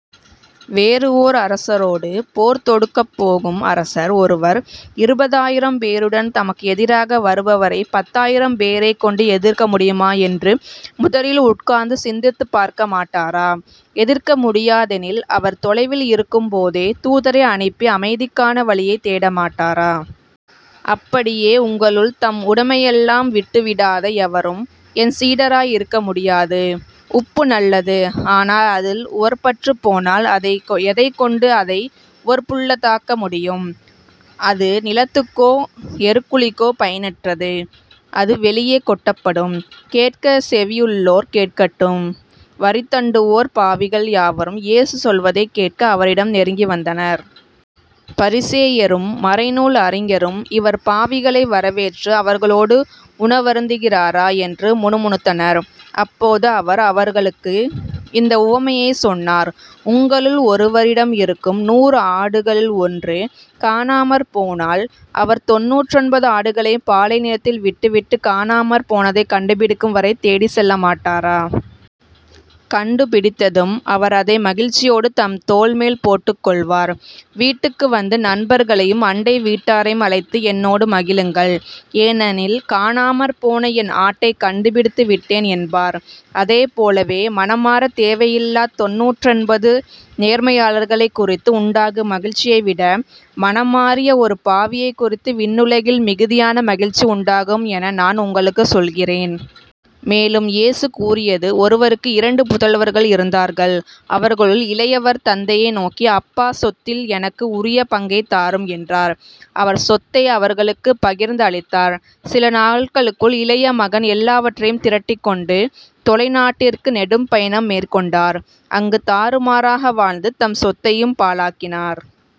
வேறு ஓர் அரசரோடு போர் தொடுக்கப்போகும் அரசர் ஒருவர் இருபதாயிரம் பேருடன் தமக்கு எதிராக வருபவரைப் பத்தாயிரம் பேரைக் கொண்டு எதிர்க்க முடியுமா என்று முதலில் உட்கார்ந்து சிந்தித்துப் பார்க்க மாட்டாரா? எதிர்க்க முடியாதெனில் அவர் தொலையில் இருக்கும்போதே தூதரை அனுப்பி அமைதிக்கான வழியைத் தேட மாட்டாரா? அப்படியே உங்களுள் தம் உடைமையையெல்லாம் விட்டுவிடாத எவரும் என் சீடராய் இருக்க முடியாது. உப்பு நல்லது ஆனால் அது உவர்ப்பற்றுப் போனால் அதை எதைக் கொண்டு அதை உவர்ப்புள்ளதாக்க முடியும்? அது நிலத்துக்கோ எருக்குழிக்கோ பயனற்றது. அது வெளியே கொட்டப்படும். கேட்கச் செவியுள்ளோர் கேட்கட்டும். வரிதண்டுவோர் பாவிகள் யாவரும் இயேசு சொல்வதைக் கேட்க அவரிடம் நெருங்கிவந்தனர். பரிசேயரும் மறைநூல் அறிஞரும் இவர் பாவிகளை வரவேற்று அவர்களோடு உணவருந்துகிறாரே என்று முணுமுணுத்தனர். அப்போது அவர் அவர்களுக்கு இந்த உவமையைச் சொன்னார் உங்களுள் ஒருவரிடம் இருக்கும் நூறு ஆடுகளுள் ஒன்று காணாமற் போனால் அவர் தொண்ணூற்றொன்பது ஆடுகளையும் பாலை நிலத்தில் விட்டுவிட்டு காணாமற் போனதைக் கண்டுபிடிக்கும் வரை தேடிச்செல்ல மாட்டாரா? கண்டுபிடித்ததும் அவர் அதை மகிழ்ச்சியோடு தம் தோள்மேல் போட்டுக் கொள்வார் வீட்டுக்கு வந்து நண்பர்களையும் அண்டை வீட்டாரையும் அழைத்து என்னோடு மகிழுங்கள். ஏனெனில் காணாமற்போன என் ஆட்டைக் கண்டுபிடித்து விட்டேன் என்பார். அதுபோலவே மனம் மாறத் தேவையில்லாத் தொண்ணூற்றொன்பது நேர்மையாளர்களைக் குறித்து உண்டாகும் மகிழ்ச்சியை விட மனம் மாறிய ஒரு பாவியைக் குறித்து விண்ணுலகில் மிகுதியான மகிழ்ச்சி உண்டாகும் என நான் உங்களுக்குச் சொல்கிறேன். மேலும் இயேசு கூறியது ஒருவருக்கு இரண்டு புதல்வர்கள் இருந்தார்கள். அவர்களுள் இளையவர் தந்தையை நோக்கி அப்பா சொத்தில் எனக்கு உரிய பங்கைத் தாரும் என்றார். அவர் சொத்தை அவர்களுக்குப் பகிர்ந்து அளித்தார். சில நாள்களுக்குள் இளைய மகன் எல்லாவற்றையும் திரட்டிக்கொண்டு தொலை நாட்டிற்கு நெடும் பயணம் மேற்கொண்டார் அங்குத் தாறுமாறாக வாழ்ந்து தம் சொத்தையும் பாழாக்கினார்.